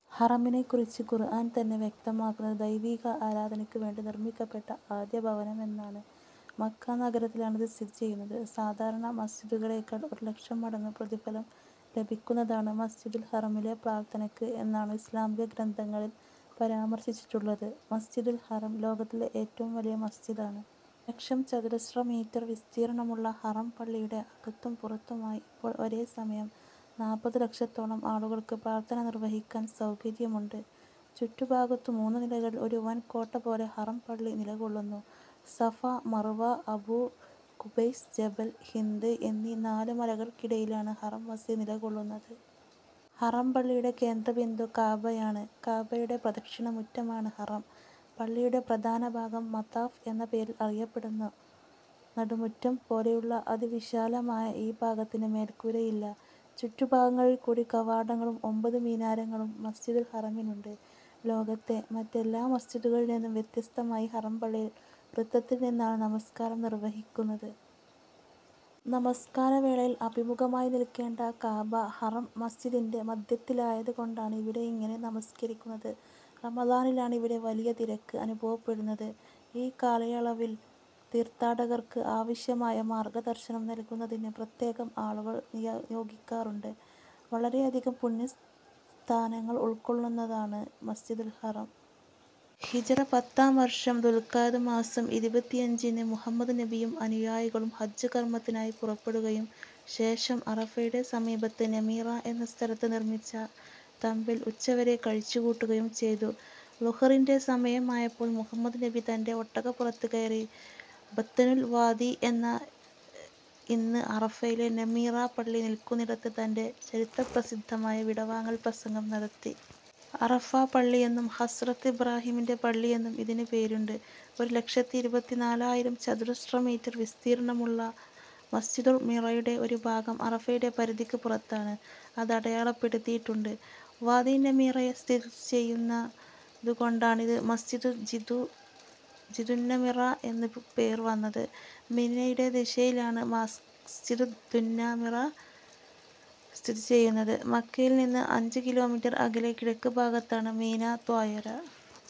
ഹറമിനെ കുറിച്ച് ഖുർആൻ തന്നെ വ്യക്തമാക്കുന്നത് ദൈവികാരാധനക്ക് വേണ്ടി നിർമ്മിക്കപ്പെട്ട ആദ്യഭവനമെന്നാണ്. മക്ക നഗരത്തിലാണ് ഇത് സ്ഥിതി ചെയ്യുന്നത്. സാധാരണ മസ്ജിദുകളെക്കാൾ ഒരു ലക്ഷം മടങ്ങ് പ്രതിഫലം ലഭിക്കുന്നതാണ് മസ്ജിദുൽ ഹറാമിലെ പ്രാർത്ഥനക്ക് എന്നാണു ഇസ്ലാമിക ഗ്രന്ഥങ്ങളിൽ പരാമർശിച്ചിട്ടുള്ളത്. മസ്ജിദുൽ ഹറം ലോകത്തിലെ ഏറ്റവും വലിയ മസ്ജിദ് ആണ്. ലക്ഷം ചതുരശ്ര മീറ്റർ വിസ്തീർണമുള്ള ഹറം പള്ളിയുടെ അകത്തും പുറത്തുമായി ഇപ്പോൾ ഒരേ സമയം നാൽപ്പതു ലക്ഷത്തോളം ആളുകൾക്ക് പ്രാർത്ഥന നിർവഹിക്കാൻ സൌകര്യമുണ്ട്. ചുറ്റു ഭാഗത്തും മൂന്നു നിലകളിൽ ഒരു വൻ കോട്ട പോലെ ഹറം പള്ളി നില കൊള്ളുന്നു. സഫാ, മർവാ, അബൂ ഖുബൈസ്, ജബൽ ഹിന്ദ് എന്നീ നാല് മലകൾക്കിടയിലാണ് ഹറം മസ്ജിദ് നില കൊള്ളുന്നത്. ഹറം പള്ളിയുടെ കേന്ദ്ര ബിന്ദു കഅബയാണ്. കഅബയുടെ പ്രദക്ഷിണ മുറ്റമാണ് ഹറം പള്ളിയുടെ പ്രധാന ഭാഗം. മതാഫ് എന്ന പേരിൽ അറിയപ്പെടുന്ന നടുമുറ്റം പോലെയുള്ള അതിവിശാലമായ ഈ ഭാഗത്തിന് മേൽക്കൂരയില്ല. ചുറ്റു ഭാഗങ്ങളിലും കൂടി കവാടങ്ങളും ഒൻപതു മിനാരങ്ങളും മസ്ജിദുൽ ഹറാമിനുണ്ട്. ലോകത്തെ മറ്റെല്ലാ മസ്ജിദുകളിൽ നിന്നും വ്യത്യസ്തമായി ഹറം പള്ളിയിൽ വൃത്തത്തിൽ നിന്നാണ് നമസ്കാരം നിർവഹിക്കുന്നത്. നമസ്കാര വേളയിൽ അഭിമുഖമായി നിൽക്കേണ്ട കഅബ ഹറം മസ്ജിദിന്റെ മധ്യത്തിലായത് കൊണ്ടാണ് ഇവിടെ ഇങ്ങനെ നമസ്കരിക്കുന്നത്. റമദാനിൽ ആണ് ഇവിടെ വലിയ തിരക്ക് അനുഭവപ്പെടുന്നത്. ഈ കാലയളവിൽ തീർത്ഥാടകർക്ക് ആവശ്യമായ മാർഗ ദർശനം നൽകുന്നതിന് പ്രത്യേകം ആളുകളെ നിയോഗിക്കാറുണ്ട്. വളരെയധികം പുണ്യസ്ഥാനങ്ങൾ ഉൾക്കൊള്ളുന്നതാന് മസ്ജിദുൽ ഹറം. ഹിജ്റ പത്താം വർഷം ദുൽഖഅദ് മാസം ഇരുപത്തിയഞ്ചിന് മുഹമ്മദ് നബിയും അനുയായികളും ഹജ്ജ് കർമ്മത്തിനായി പുറപ്പെടുകയും ശേഷം അറഫയുടെ സമീപത്ത് നമിറ എന്ന സ്ഥലത്ത് നിർമ്മിച്ച തമ്പിൽ ഉച്ചവരെ കഴിച്ചു കൂട്ടുകയും ചെയ്തു. ളുഹറിൻറെ സമയമായപ്പോൾ മുഹമ്മദ് നബി തൻറെ ഒട്ടകപുറത്ത് കയറി ബത്വനുൽ വാദി എന്ന ഇന്ന് അറഫയിലെ നമിറ പള്ളി നിൽക്കുന്നിടത്ത് തൻറെ ചരിത്രപ്രസിദ്ധമായ വിടവാങ്ങൽ പ്രസംഗം നടത്തി. അറഫാ പള്ളിയെന്നും ഹസ്രത്ത് ഇബ്റാഹീമിന്റെ പള്ളിയെന്നും ഇതിനു പേരുണ്ട്. ഒരു ലക്ഷത്തി ഇരുപത്തിനാലായിരം ചതുരശ്രമീറ്റർ വിസ്തീർണമുള്ള മസ്ജിദുന്നമിറയുടെ ഒരു ഭാഗം അറഫയുടെ പരിധിക്ക് പുറത്താണ്. അത് അടയാളപ്പെടുത്തിയിട്ടുണ്ട്. വാദീ നമിറയിൽസ്ഥിതിചെയ്യുന്നത് കൊണ്ടാണിതിന് മസ് ജിദുന്നമിറ എന്ന് പേർവന്നത്. മിനയുടെ ദിശയിലാണ് മസ് ജിദുന്നമിറ സ്ഥിതിചെയ്യുന്നത്. മക്കയിൽ നിന്ന് അഞ്ച് കിലോമീറ്റർ അകലെ കിഴക്ക് ഭാഗത്താണ് മിനാ താഴ്വര.